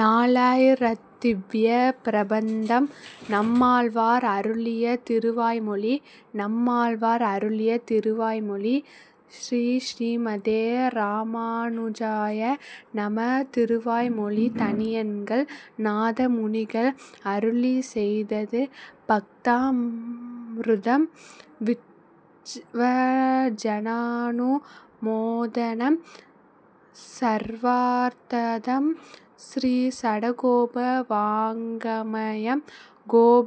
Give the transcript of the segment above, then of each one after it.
நாலாயிரத் திவ்வியப் பிரபந்தம் நம்மாழ்வார் அருளிய திருவாய்மொழி நம்மாழ்வார் அருளிய திருவாய்மொழி ஸ்ரீ ஸ்ரீமதே ராமாநுஜாய நம திருவாய்மொழித் தனியன்கள் நாதமுனிகள் அருளிச்செய்தது பக்தாம்ருதம் விச் வஜநா நுமோதநம் ஸர்வார்த்ததம் ஸ்ரீசடகோப வாங்க்மயம் கோபநிஷத்ஸமாகமம்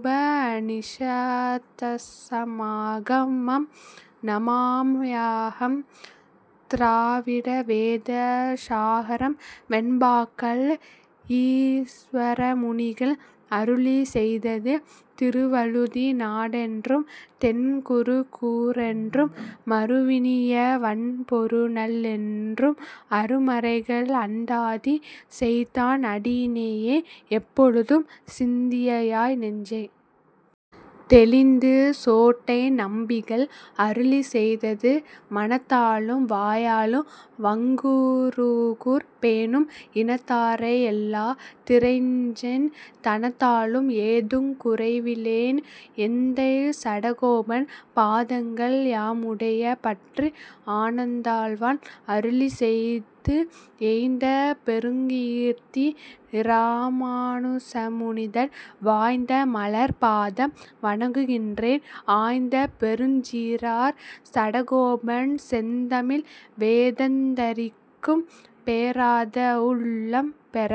நமாம்யஹம் த்ராவிட வேத ஸாகரம். வெண்பாக்கள் ஈச்வரமுனிகள் அருளிச்செய்தது திருவழுதி நாடென்றும் தென்குருகூ ரென்றும், மருவினிய வண்பொருநல் என்றும், அருமறைகள் அந்தாதி செய்தான் அடியிணையே எப்பொழுதும், சிந்தியாய் நெஞ்சே. தெளிந்து. சொட்டை நம்பிகள் அருளிச்செய்தது மனத்தாலும் வாயாலும் வண்குருகூர் பேணும் இனத்தாரை யல்லா திறைஞ்சேன், தனத்தாலும் ஏதுங் குறைவிலேன் எந்தை சடகோபன், பாதங்கள் யாமுடைய பற்று. அனந்தாழ்வான் அருளிச்செய்த்து ஏய்ந்தபெருங் கீர்த்தி இராமானுசமுனிதன் வாய்ந்தமலர்ப் பாதம் வணங்குகின்றேன், ஆய்ந்தபெருஞ்ச் சீரார் சடகோபன் செந்தமிழ் வேதந்தரிக்கும், பேராத வுள்ளம் பெற.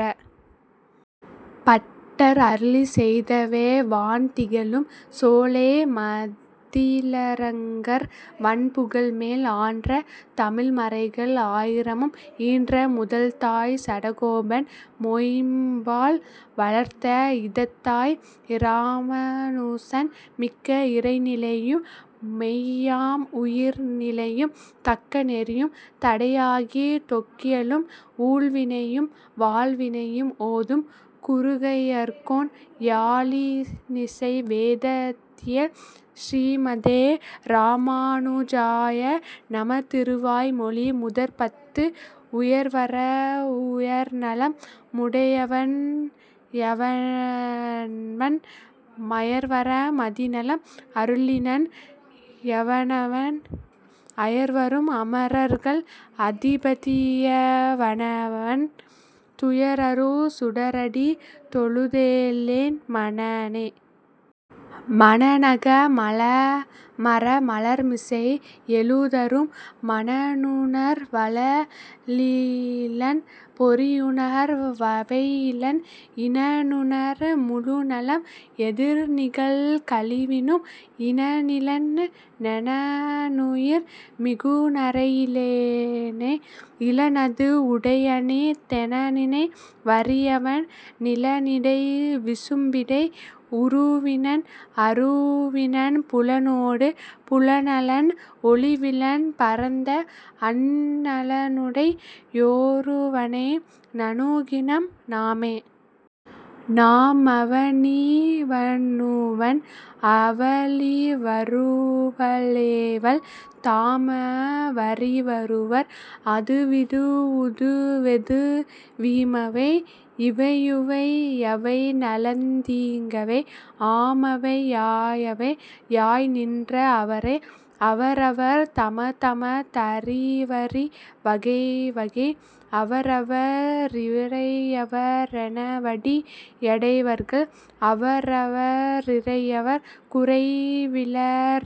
பட்டர் அருளிச்செய்தவை வான்திகழும் சோலை மதிளரங்கர் வண்புகழ்மேல் ஆன்ற தமிழ்மறைகள் ஆயிரமும், ஈன்ற முதல்தாய் சடகோபன், மொய்ம்பால் வளர்த்த இதத்தாய் இராமுனுசன். மிக்க இறைநிலையும் மெய்யாம் உயிர்நிலையும், தக்க நெறியும் தடையாகித் தொக்கியலும், ஊழ்வினையும் வாழ்வினையும் ஓதும் குருகையர்கோன், யாழினிசை வேதத் தியல். ஸ்ரீமதே ராமாநுஜாய நம திருவாய் மொழி முதற் பத்து உயர்வற வுயர்நலம் முடையவன் யவனவன் மயர்வற மதிநலம் அருளினன் யவனவன் அயர்வறும் அமரர்கள் அதிபதி யவனவன் துயரறு சுடரடி தொழுதெழென் மனனே.. மனனக மலமற மலர்மிசை யெழுதரும் மனனுணர் வளவிலன், பொறியுணர் வவையிலன் இனனுணர், முழுநலம், எதிர்நிகழ் கழிவினும் இனனிலன், னெனனுயிர், மிகுநரை யிலனே.. இலனது வுடையனி தெனநினை வரியவன் நிலனிடை விசும்பிடை உருவினன் அருவினன் புலனொடு புலனலன், ஒழிவிலன், பரந்த அந் நலனுடை யொருவனை நணுகினம் நாமே.. நாமவ னிவனுவன், அவளிவளுவளெவள் தாமவரிவருவர், அதுவிது வுதுவெது வீமவை யிவையுவை, யவைநலந் தீங்கவை ஆமவை யாயவை, யாய்நின்ற அவரே.. அவரவர் தமதம தறிவறி வகைவகை அவரவர் ரிறையவ ரெனவடி யடைவர்கள் அவரவர் ரிறையவர் குறைவில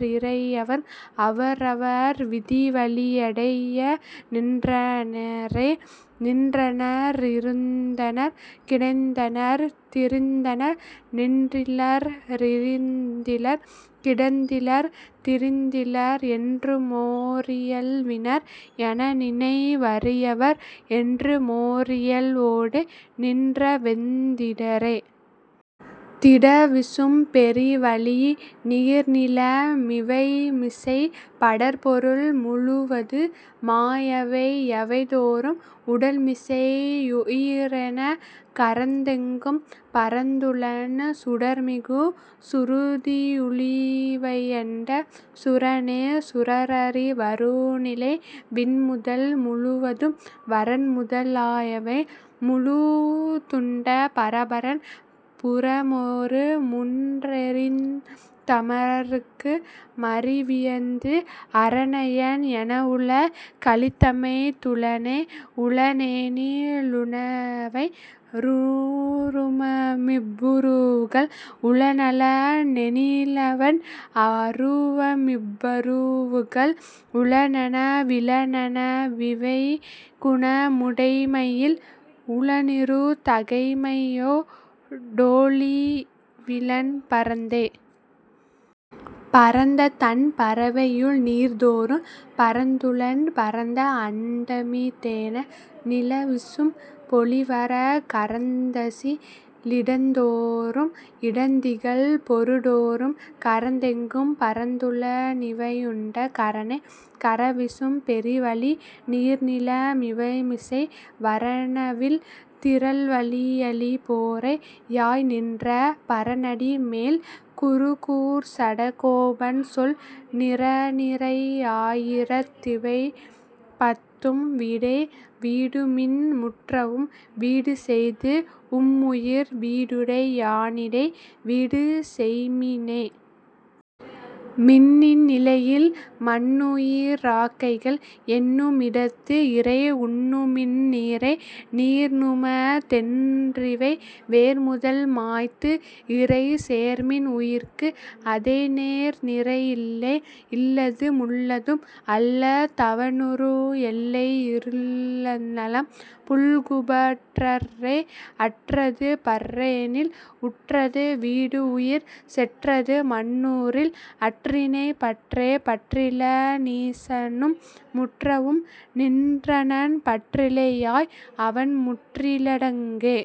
ரிறையவர் அவரவர் விதிவழி யடையநின் றனரே.. நின்றனர் ரிருந்தனர் கிடந்தனர் திரிந்தனர் நின்றிலர் ரிருந்திலர் கிடந்திலர் திரிந்திலர் என்றுமொ ரியல்வினர் எனநினை வரியவர் என்றுமொ ரியல்வொடு நின்றவெந் திடரே.. திடவிசும் பெரிவளி நீர்நில மிவைமிசை படர்பொருள் முழுவது மாயவை யவைதொறும் உடல்மிசை யுயிரெனக் கரந்தெங்கும் பரந்துளன் சுடர்மிகு சுருதியு ளிவையண்ட சுரனே.. சுரரறி வருநிலை விண்முதல் முழுவதும் வரன்முத லாயவை முழுதுண்ட பரபரன் புரமொரு மூன்றெரித் தமரர்க்கு மறிவியந்து அரனயன் எனவுல கழித்தமைத் துளனே.. உளனெனி லுளனவ னுருவமிவ் வுருவுகள் உளனல னெனிலவன் அருவமிவ் வருவுகள் உளனென விலனென விவைகுண முடைமையில் உளனிரு தகைமையொ டொழிவிலன் பரந்தே.. பரந்ததண் பரவையுள்நீர்தொறும் பரந்துளன் பரந்தஅ ண் டமிதென நிலவிசும் பொழிவற கரந்தசி லிடந்தொறும் இடந்திகழ் பொருடொறும் கரந்தெங்கும் பரந்துள னிவையுண்ட கரனே. கரவிசும் பெரிவளி நீர்நில மிவைமிசை வரனவில் திறல்வலி யளிபொறை யாய்நின்ற பரனடி மேல்குரு கூர்ச்சட கோபன்சொல் நிரனிறை யாயிரத் திவைபத்தும் வீடே. வீடுமின் முற்றவும்--வீடுசெய்து உம்முயிர் வீடுடை யானிடை--வீடுசெய்ம்மினே.. மின்னின் நிலையில--மன்னுயி ராக்கைகள் என்னு மிடத்து இறை--உன்னுமின் நீரே.. நீர்நும தென்றிவை--வேர்முதல் மாய்த்து இறை சேர்மின் உயிர்க்கு அத--னேர்நிறை யில்லே.. இல்லது முள்ளதும்--அல்ல தவனுரு எல்லையி லந்நலம்--புல்குபற் றற்றே.. அற்றது பற்றெனில்--உற்றது வீடுஉயிர் செற்றது மன்னுறில்--அற்றிறை பற்றே.. பற்றில னீசனும்--முற்றவும் நின்றனன் பற்றிலை யாய் அவன்--முற்றி லடங்கே..